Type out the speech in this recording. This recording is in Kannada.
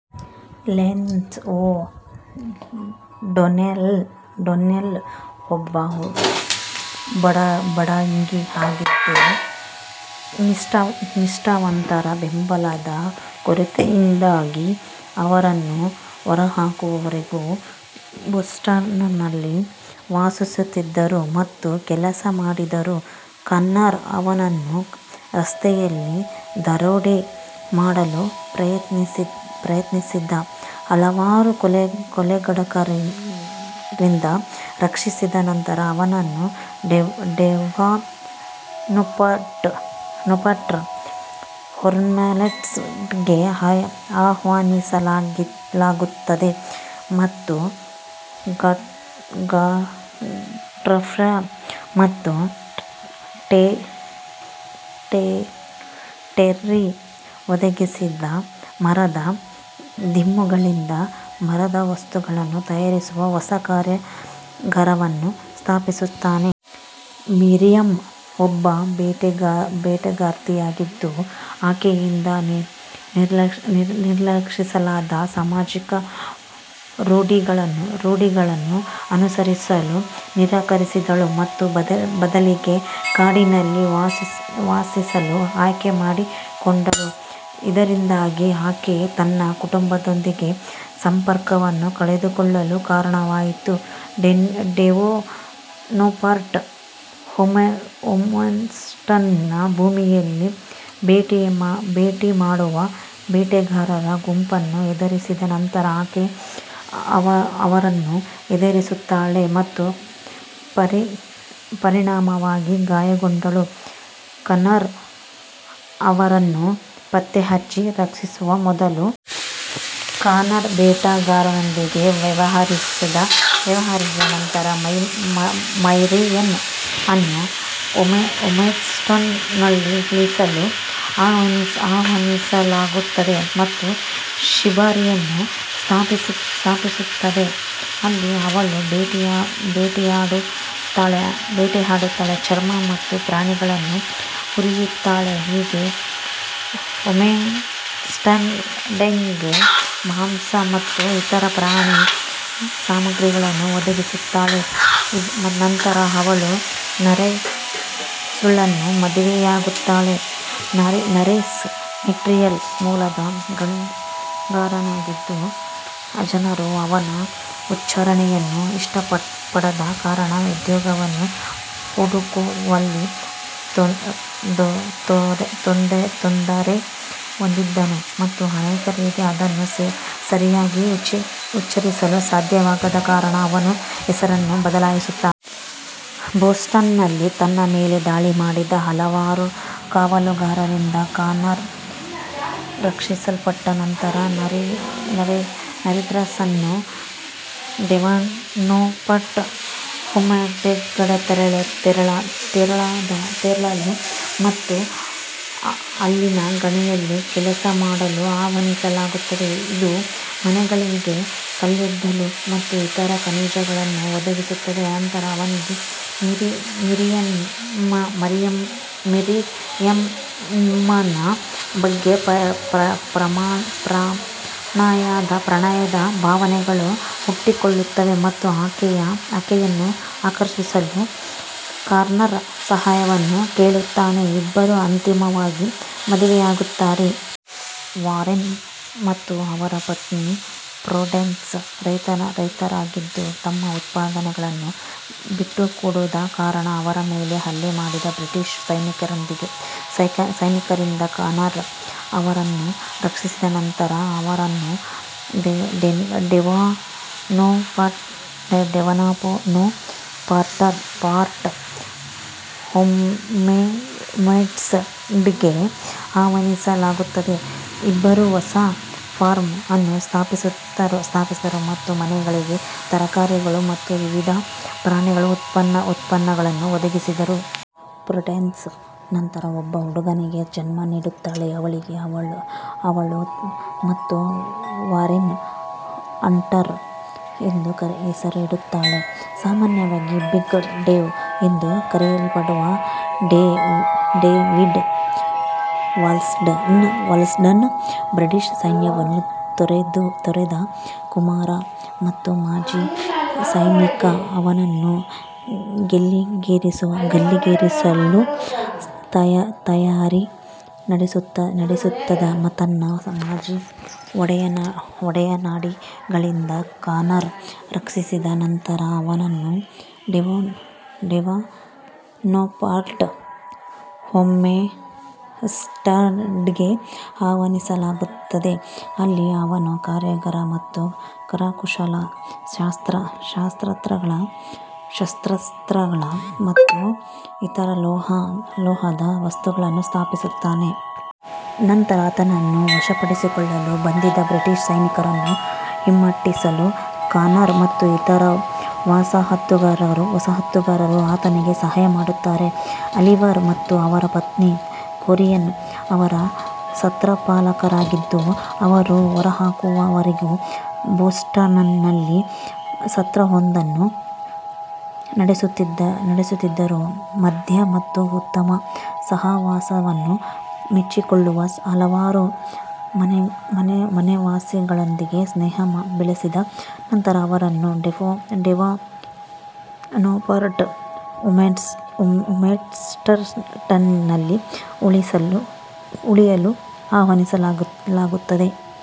ಲ್ಯಾನ್ಸ್ ಒ 'ಡೊನ್ನೆಲ್ ಒಬ್ಬ ಬಡಗಿ ಆಗಿದ್ದು, ನಿಷ್ಠಾವಂತರ ಬೆಂಬಲದ ಕೊರತೆಯಿಂದಾಗಿ ಅವರನ್ನು ಹೊರಹಾಕುವವರೆಗೂ ಬೋಸ್ಟನ್ನಲ್ಲಿ ವಾಸಿಸುತ್ತಿದ್ದರು ಮತ್ತು ಕೆಲಸ ಮಾಡಿದರು. ಕಾನರ್ ಅವನನ್ನು ರಸ್ತೆಯಲ್ಲಿ ದರೋಡೆ ಮಾಡಲು ಪ್ರಯತ್ನಿಸಿದ ಹಲವಾರು ಕೊಲೆಗಡುಕರಿಂದ ರಕ್ಷಿಸಿದ ನಂತರ ಅವನನ್ನು ಡೇವನ್ಪೋರ್ಟ್ ಹೋಮ್ಸ್ಟೆಡ್ಗೆ ಆಹ್ವಾನಿಸಲಾಗುತ್ತದೆ ಮತ್ತು ಗಾಡ್ಫ್ರೇ ಮತ್ತು ಟೆರ್ರಿ ಒದಗಿಸಿದ ಮರದ ದಿಮ್ಮಿಗಳಿಂದ ಮರದ ವಸ್ತುಗಳನ್ನು ತಯಾರಿಸುವ ಹೊಸ ಕಾರ್ಯಾಗಾರವನ್ನು ಸ್ಥಾಪಿಸುತ್ತಾನೆ. ಮಿರಿಯಮ್ ಒಬ್ಬ ಬೇಟೆಗಾರ್ತಿಯಾಗಿದ್ದು, ಆಕೆಯಿಂದ ನಿರೀಕ್ಷಿಸಲಾದ ಸಾಮಾಜಿಕ ರೂಢಿಗಳನ್ನು ಅನುಸರಿಸಲು ನಿರಾಕರಿಸಿದಳು ಮತ್ತು ಬದಲಿಗೆ ಕಾಡಿನಲ್ಲಿ ವಾಸಿಸಲು ಆಯ್ಕೆ ಮಾಡಿಕೊಂಡಳು, ಇದರಿಂದಾಗಿ ಆಕೆ ತನ್ನ ಕುಟುಂಬದೊಂದಿಗೆ ಸಂಪರ್ಕವನ್ನು ಕಳೆದುಕೊಳ್ಳಲು ಕಾರಣವಾಯಿತು. ಡೇವನ್ಪೋರ್ಟ್ ಹೋಮ್ಸ್ಟೆಡ್ನ ಭೂಮಿಯಲ್ಲಿ ಬೇಟೆಯಾಡುವ ಬೇಟೆಗಾರರ ಗುಂಪನ್ನು ಎದುರಿಸಿದ ನಂತರ, ಆಕೆ ಅವರನ್ನು ಎದುರಿಸುತ್ತಾಳೆ ಮತ್ತು ಪರಿಣಾಮವಾಗಿ ಗಾಯಗೊಂಡಳು, ಕಾನರ್ ಅವರನ್ನು ಪತ್ತೆಹಚ್ಚಿ ರಕ್ಷಿಸುವ ಮೊದಲು. ಕಾನರ್ ಬೇಟೆಗಾರರೊಂದಿಗೆ ವ್ಯವಹರಿಸಿದ ನಂತರ, ಮೈರಿಯಮ್ ಅನ್ನು ಹೋಮ್ಸ್ಟೆಡ್ನಲ್ಲಿ ಉಳಿಯಲು ಆಹ್ವಾನಿಸಲಾಗುತ್ತದೆ ಮತ್ತು ಶಿಬಿರವನ್ನು ಸ್ಥಾಪಿಸುತ್ತದೆ, ಅಲ್ಲಿ ಅವಳು ಬೇಟೆಯಾಡುತ್ತಾಳೆ, ಚರ್ಮ ಮತ್ತು ಪ್ರಾಣಿಗಳನ್ನು ಹುರಿಯುತ್ತಾಳೆ, ಹೀಗೆ ಹೋಮ್ಸ್ಟೆಡ್ಗೆ ಮಾಂಸ ಮತ್ತು ಇತರ ಪ್ರಾಣಿ ಸಾಮಗ್ರಿಗಳನ್ನು ಒದಗಿಸುತ್ತಾಳೆ. ನಂತರ ಅವಳು ನಾರ್ರಿಸ್ಳನ್ನು ಮದುವೆಯಾಗುತ್ತಾಳೆ. ನಾರ್ರಿಸ್ ಮಾಂಟ್ರಿಯಲ್ ಮೂಲದ ಗಣಿಗಾರನಾಗಿದ್ದು, ಜನರು ಅವನ ಉಚ್ಚಾರಣೆಯನ್ನು ಇಷ್ಟಪಡದ ಕಾರಣ ಉದ್ಯೋಗವನ್ನು ಹುಡುಕುವಲ್ಲಿ ತೊಂದರೆ ಹೊಂದಿದ್ದನು ಮತ್ತು ಅನೇಕರಿಗೆ ಅದನ್ನು ಸರಿಯಾಗಿ ಉಚ್ಚರಿಸಲು ಸಾಧ್ಯವಾಗದ ಕಾರಣ ಅವನ ಹೆಸರನ್ನು ಬದಲಾಯಿಸಿದನು. ಬೋಸ್ಟನ್ನಲ್ಲಿ ತನ್ನ ಮೇಲೆ ದಾಳಿ ಮಾಡಿದ ಹಲವಾರು ಕಾವಲುಗಾರರಿಂದ ಕಾನರ್ ರಕ್ಷಿಸಲ್ಪಟ್ಟ ನಂತರ, ನಾರ್ರಿಸ್ನನ್ನು ಡೇವನ್ಪೋರ್ಟ್ ಹೋಮ್ಸ್ಟೆಡ್ಗೆ ತೆರಳಲು ಮತ್ತು ಅಲ್ಲಿನ ಗಣಿಯಲ್ಲಿ ಕೆಲಸ ಮಾಡಲು ಆಹ್ವಾನಿಸಲಾಗುತ್ತದೆ, ಇದು ಮನೆಗಳಿಗೆ ಕಲ್ಲಿದ್ದಲು ಮತ್ತು ಇತರ ಖನಿಜಗಳನ್ನು ಒದಗಿಸುತ್ತದೆ. ನಂತರ ಆತನಿಗೆ ಮಿರಿಯಮ್ನ ಬಗ್ಗೆ ಪ್ರಣಯದ ಭಾವನೆಗಳು ಹುಟ್ಟಿಕೊಳ್ಳುತ್ತವೆ ಮತ್ತು ಆಕೆಯನ್ನು ಆಕರ್ಷಿಸಲು ಕಾನರ್ನ ಸಹಾಯವನ್ನು ಕೇಳುತ್ತಾನೆ; ಇಬ್ಬರೂ ಅಂತಿಮವಾಗಿ ಮದುವೆಯಾಗುತ್ತಾರೆ. ವಾರೆನ್ ಮತ್ತು ಅವರ ಪತ್ನಿ ಪ್ರುಡೆನ್ಸ್ ರೈತರಾಗಿದ್ದು, ತಮ್ಮ ಉತ್ಪನ್ನಗಳನ್ನು ಬಿಟ್ಟುಕೊಡದ ಕಾರಣ ಅವರ ಮೇಲೆ ಹಲ್ಲೆ ಮಾಡಿದ ಬ್ರಿಟಿಷ್ ಸೈನಿಕರಿಂದ ಕಾನರ್ ಅವರನ್ನು ರಕ್ಷಿಸಿದ ನಂತರ ಅವರನ್ನು ಡೇವನ್ಪೋರ್ಟ್ ಹೋಮ್ಸ್ಟೆಡ್ಗೆ ಆಹ್ವಾನಿಸಲಾಗುತ್ತದೆ. ಇಬ್ಬರೂ ಹೊಸ ಫಾರ್ಮ್ ಅನ್ನು ಸ್ಥಾಪಿಸಿದರು ಮತ್ತು ಮನೆಗಳಿಗೆ ತರಕಾರಿಗಳು ಮತ್ತು ವಿವಿಧ ಪ್ರಾಣಿ ಉತ್ಪನ್ನಗಳನ್ನು ಒದಗಿಸಿದರು. ಪ್ರುಡೆನ್ಸ್ ನಂತರ ಒಬ್ಬ ಹುಡುಗನಿಗೆ ಜನ್ಮ ನೀಡುತ್ತಾಳೆ, ಅವಳಿಗೆ ಅವಳು ಮತ್ತು ವಾರೆನ್ ಹಂಟರ್ ಎಂದು ಹೆಸರಿಡುತ್ತಾರೆ. ಸಾಮಾನ್ಯವಾಗಿ "ಬಿಗ್ ಡೇವ್" ಎಂದು ಕರೆಯಲ್ಪಡುವ ಡೇವಿಡ್ ವಾಲ್ಸ್ಟನ್, ಬ್ರಿಟಿಷ್ ಸೈನ್ಯವನ್ನು ತೊರೆದ ಕಮ್ಮಾರ ಮತ್ತು ಮಾಜಿ ಸೈನಿಕ. ಅವನನ್ನು ಗಲ್ಲಿಗೇರಿಸಲು ತಯಾರಿ ನಡೆಸುತ್ತಿದ್ದ ತನ್ನ ಮಾಜಿ ಒಡನಾಡಿಗಳಿಂದ ಕಾನರ್ ರಕ್ಷಿಸಿದ ನಂತರ, ಅವನನ್ನು ಡೇವನ್ಪೋರ್ಟ್ ಹೋಮ್ಸ್ಟೆಡ್ಗೆ ಆಹ್ವಾನಿಸಲಾಗುತ್ತದೆ, ಅಲ್ಲಿ ಅವನು ಕಾರ್ಯಾಗಾರ ಮತ್ತು ಕರಕುಶಲ ಶಸ್ತ್ರಾಸ್ತ್ರಗಳು ಮತ್ತು ಇತರ ಲೋಹದ ವಸ್ತುಗಳನ್ನು ಸ್ಥಾಪಿಸುತ್ತಾನೆ. ನಂತರ ಆತನನ್ನು ವಶಪಡಿಸಿಕೊಳ್ಳಲು ಬಂದಿದ್ದ ಬ್ರಿಟಿಷ್ ಸೈನಿಕರನ್ನು ಹಿಮ್ಮೆಟ್ಟಿಸಲು ಕಾನರ್ ಮತ್ತು ಇತರ ವಸಾಹತುಗಾರರು ಆತನಿಗೆ ಸಹಾಯ ಮಾಡುತ್ತಾರೆ. ಆಲಿವರ್ ಮತ್ತು ಅವರ ಪತ್ನಿ ಕೊರಿನ್ ಅವರು ಸತ್ರಪಾಲಕರಾಗಿದ್ದು, ಅವರು ಹೊರಹಾಕುವವರೆಗೂ ಬೋಸ್ಟನ್ನಲ್ಲಿ ಸತ್ರವೊಂದನ್ನು ನಡೆಸುತ್ತಿದ್ದರು. ಮದ್ಯ ಮತ್ತು ಉತ್ತಮ ಸಹವಾಸವನ್ನು ಮೆಚ್ಚಿಕೊಳ್ಳುವ ಹಲವಾರು ಮನೆವಾಸಿಗಳೊಂದಿಗೆ ಸ್ನೇಹ ಬೆಳೆಸಿದ ನಂತರ ಅವರನ್ನು ಡೇವನ್ಪೋರ್ಟ್ ಹೋಮ್ಸ್ಟೆಡ್ನಲ್ಲಿ ಉಳಿಯಲು ಆಹ್ವಾನಿಸಲಾಗುತ್ತದೆ.